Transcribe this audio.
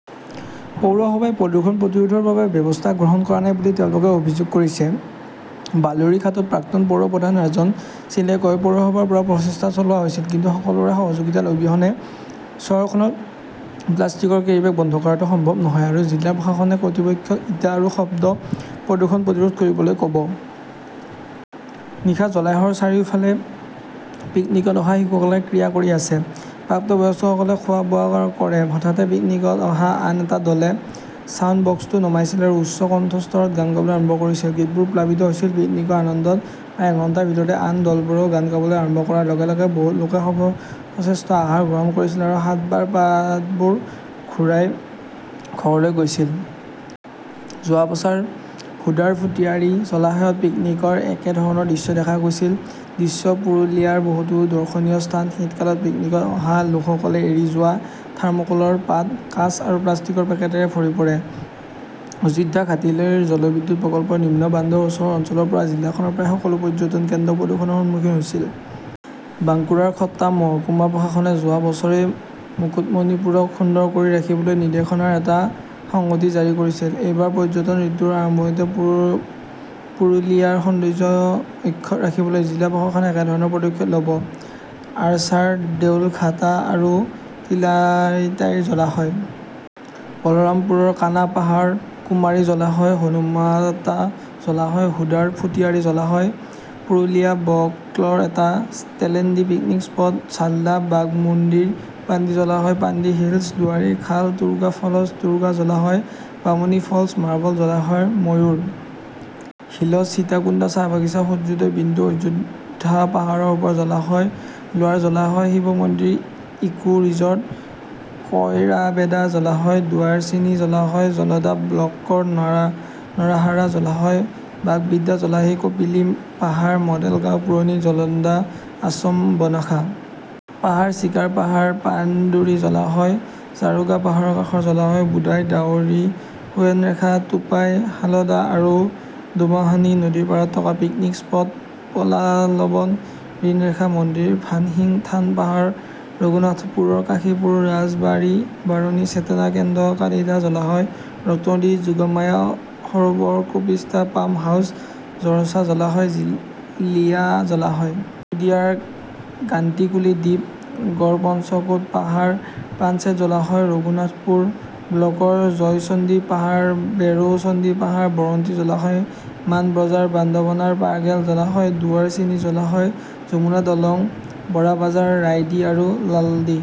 পৌৰসভাই প্ৰদূষণ প্ৰতিৰোধৰ বাবে ব্যৱস্থা গ্ৰহণ কৰা নাই বুলি তেওঁলোকে অভিযোগ কৰিছে। বালুৰঘাটৰ প্ৰাক্তন পৌৰ প্ৰধান ৰাজন শ্বিলে কয়, "পৌৰসভাৰ পৰা প্ৰচেষ্টা চলোৱা হৈছিল, কিন্তু সকলোৰে সহযোগিতা অবিহনে চহৰখনত প্লাষ্টিকৰ কেৰিবেগ বন্ধ কৰাটো সম্ভৱ নহয় আৰু জিলা প্ৰশাসনে কৰ্তৃপক্ষক ইটা আৰু শব্দ প্ৰদূষণ প্ৰতিৰোধ কৰিবলৈ ক'ব"। নীলা জলাশয়ৰ চাৰিওফালে পিকনীকত অহা শিশুসকলে ক্ৰীড়া কৰি আছে। প্ৰাপ্তবয়স্কসকলে খোৱা-বোৱা কৰে। হঠাতে পিকনীকত অহা আন এটা দলে ছাউণ্ডবক্সটো নমাইছিল আৰু উচ্চ কণ্ঠস্বৰত গান গাবলৈ আৰম্ভ কৰিছিল। গীতবোৰ প্লাবিত হৈছিল, পিকনিকৰ আনন্দত। প্ৰায় এঘণ্টাৰ ভিতৰতে আন দলবোৰেও গান গাবলৈ আৰম্ভ কৰাৰ লগে লগে, বহুতো লোকে সৰ্বশ্ৰেষ্ঠ আহাৰ গ্ৰহণ কৰিছিল আৰু সাতবাৰ পাতবোৰ ঘূৰাই ঘৰলৈ লৈ গৈছিল। যোৱা বছৰ হুডাৰ ফুটিয়াৰী জলাশয়ত পিকনীকৰ একেধৰণৰ দৃশ্য দেখা গৈছিল। দৃশ্য -পুৰুলিয়াৰ বহুতো দৰ্শনীয় স্থান শীতকালত পিকনীকত অহা লোকসকলে এৰি যোৱা থাৰ্মোকলৰ পাত, কাঁচ আৰু প্লাষ্টিকৰ পেকেটেৰে ভৰি পৰে। অযোধ্যাঘাটলীৰ জলবিদ্যুৎ প্ৰকল্পৰ নিম্ন বান্ধৰ ওচৰৰ অঞ্চলৰ পৰা জিলাখনৰ প্ৰায় সকলো পৰ্যটন কেন্দ্ৰ প্ৰদূষণৰ সন্মুখীন হৈছে। বাঙ্কুৰাৰ খত্ৰা মহকুমা প্ৰশাসনে যোৱা বছৰেই মুকুটমণিপুৰক সুন্দৰ কৰি ৰাখিবলৈ নিৰ্দেশনাৰ এটা সংহতি জাৰি কৰিছিল। এইবাৰ পৰ্যটন ঋতুৰ আৰম্ভণিতে পুৰু পুৰুলিয়াৰ সৌন্দৰ্য অক্ষত ৰাখিবলৈ জিলা প্ৰশাসনে একেধৰণৰ পদক্ষেপ ল'ব। অৰছাৰ দেউলঘাটা আৰু তিলাইতাৰ জলাশয়, বলৰামপুৰৰ কানা পাহাৰ, কুমাৰী জলাশয়, হনুমতা জলাশয়, হুডাৰ ফুটিয়াৰী জলাশয়, পুৰুলিয়া ব্লকৰ এটা তেলেনডিবি পিকনিক স্পট, ঝালদা, বাগমুণ্ডীৰ পাৰ্ডি জলাশয়, পাৰ্ডি হিলছ, ডুৱাৰী খাল, টুৰ্গা ফলছ, টুৰ্গা জলাশয়, বামনী ফলছ, মাৰ্বল জলাশয়, ময়ূৰ হিলছ, সীতাকুণ্ড, চাহ বাগিচা, সূৰ্যোদয় বিন্দু, অযোধ্যা পাহাৰৰ ওপৰৰ জলাশয়, লোৱাৰ জলাশয়, শিৱ মন্দিৰ, ইকো-ৰিজৰ্ট, কয়ৰাবেদা জলাশয়, ডুৱাৰচিনি জলাশয়, জলদা ব্লকৰ নৰাহাৰা জলাশয়, বাগবিন্ধ্যা জলাশয়, কপিলা পাহাৰ, মডেল গাঁও, পুৰণি জলদা আশ্ৰম, বনসা পাহাৰ, চিকাৰা পাহাৰ, পাণ্ডৰী জলাশয়, জাৰগো পাহাৰৰ কাষৰ জলাশয়, বুদাই দাৱিৰ, সুবৰ্ণৰেখা, টুপাই, শালদা আৰু দামোহানী নদীৰ পাৰত থকা পিকনিক স্পট, পলাশবন, স্বৰ্ণৰেখা মন্দিৰ, ভানসিং থান পাহাৰ, ৰঘুনাথপুৰ, কাশীপুৰৰ ৰাজবাৰী, বাৰণী চেতনা কেন্দ্ৰ, কালিধা জলাশয়, ৰঞ্জনদী যোগমায়া সৰোবৰ, কপিষ্টা পাম্প হাউচ, জৰছা জলাশয়, লিয়া জলাশয়। নিতুডিয়াৰ গান্টিকুলি দ্বীপ, গড়পঞ্চকোট পাহাৰ, পাঞ্চেত জলাশয়, ৰঘুনাথপুৰ ব্লকৰ জয়চণ্ডী পাহাৰ, বেৰো চণ্ডী পাহাৰ, বৰন্তী জলাশয়, মান বজাৰ, বান্ধৱানৰ পাৰ্গেলা জলাশয়, ডুৱাৰচিনি জলাশয়, যমুনা দলং, বৰাবাজৰৰ ৰাইডি আৰু লালডি।